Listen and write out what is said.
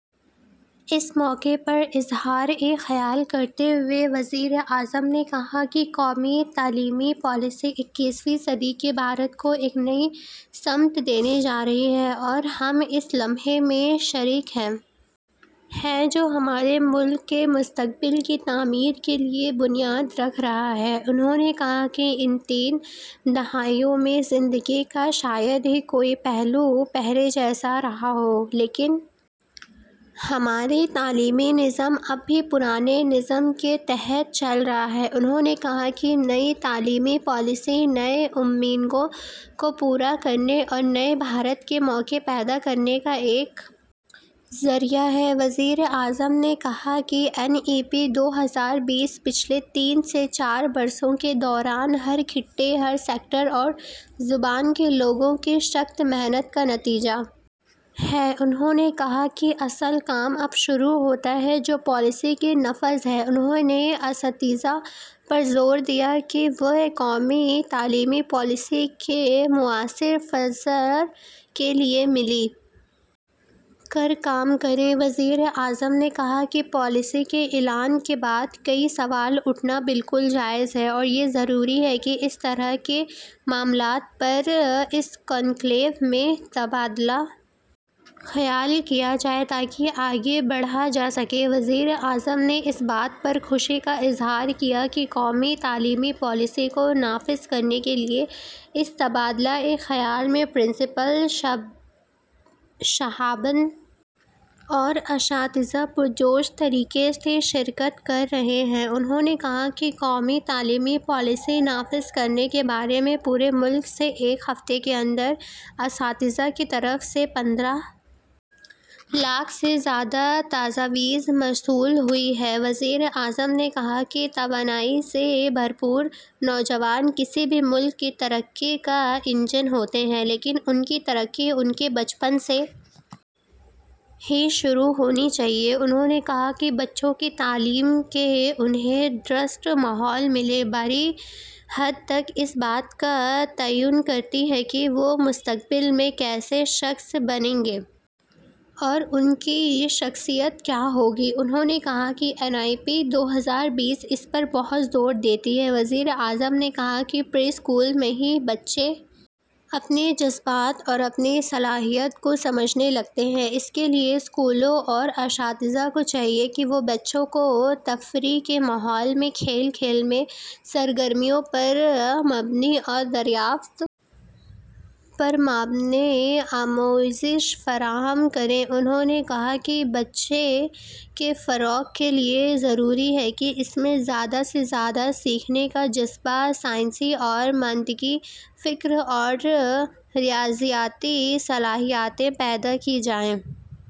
اس موقع پر اظہار خیال کرتے ہوئے وزیر اعظم نے کہا کہ قومی تعلیمی پالیسی اکیسویں صدی کے بھارت کو ایک نئی سمت دینے جا رہی ہے اور ہم اس لمحے میں شریک ہیں جو ہمارے ملک کے مستقبل کی تعمیر کے لیے بنیاد رکھ رہا ہے انہوں نے کہا کہ ان تین دہائیوں میں زندگی کا شاید ہی کوئی پہلو پہلے جیسا رہا ہو لیکن ہمارا تعلیمی نظام اب بھی پرانے نظام کے تحت چل رہا ہے انہوں نے کہا کہ نئی تعلیمی پالیسی نئی امنگوں کو پورا کرنے اور نئے بھارت کے مواقع پیدا کرنے کا ایک ذریعہ ہے وزیر اعظم نے کہا کہ این ای پی دو ہزار بیس پچھلے تین سے چار برسوں کے دوران ہر خطے ہر سیکٹر اور زبان کے لوگوں کی سخت محنت کا نتیجہ ہے انہوں نے کہا کہ اصل کام اب شروع ہوتا ہے جو پالیسی کا نفاذ ہے انہوں نے اساتذہ پر زور دیا کہ وہ قومی تعلیمی پالیسی کے مؤثر نفاذ کے لیے مل کر کام کریں وزیر اعظم نے کہا کہ پالیسی کے اعلان کے بعد کئی سوال اٹھنا بالکل جائز ہے اور یہ ضروری ہے کہ اس طرح کے معاملات پر اس کنکلیو میں تبادلہ خیال کیا جائے تاکہ آگے بڑھا جا سکے وزیر اعظم نے اس بات پر خوشی کا اظہار کیا کہ قومی تعلیمی پالیسی کو نافذ کرنے کے لیے اس تبادلہ خیال میں پرنسپل صاحبان اور اساتذہ پرجوش طریقے سے شرکت کر رہے ہیں انہوں نے کہا کہ قومی تعلیمی پالیسی نافذ کرنے کے بارے میں پورے ملک سے ایک ہفتے کے اندر اساتذہ کی طرف سے پندرہ لاکھ سے زیادہ تجاویز موصول ہوئی ہیں وزیر اعظم نے کہا کہ توانائی سے بھرپور نوجوان کسی بھی ملک کی ترقی کا انجن ہوتے ہیں لیکن ان کی ترقی ان کے بچپن سے ہی شروع ہونی چاہیے انہوں نے کہا کہ بچوں کی تعلیم کہ انہیں درست ماحول ملے بڑی حد تک اس بات کا تعین کرتی ہے کہ وہ مستقبل میں کیسے شخص بنیں گے اور ان کی شخصیت کیا ہو گی انہوں نے کہا کہ این ای پی دو ہزار بیس اس پر بہت زور دیتی ہے وزیر اعظم نے کہا کہ پری اسکول میں ہی بچے اپنے جذبات اور اپنی صلاحیت کو سمجھنے لگتے ہیں اس کے لیے اسکولوں اور اساتذہ کو چاہیے کہ وہ بچوں کو تفریح کے ماحول میں کھیل کھیل میں سرگرمیوں پر مبنی اور دریافت پر مبنی آموزش فراہم کریں انہوں نے کہا کہ بچے کے فروغ کے لیے ضروری ہے کہ اس میں زیادہ سے زیادہ سیکھنے کا جذبہ سائنسی اور منطقی فکر اور ریاضیاتی صلاحیتیں پیدا کی جائیں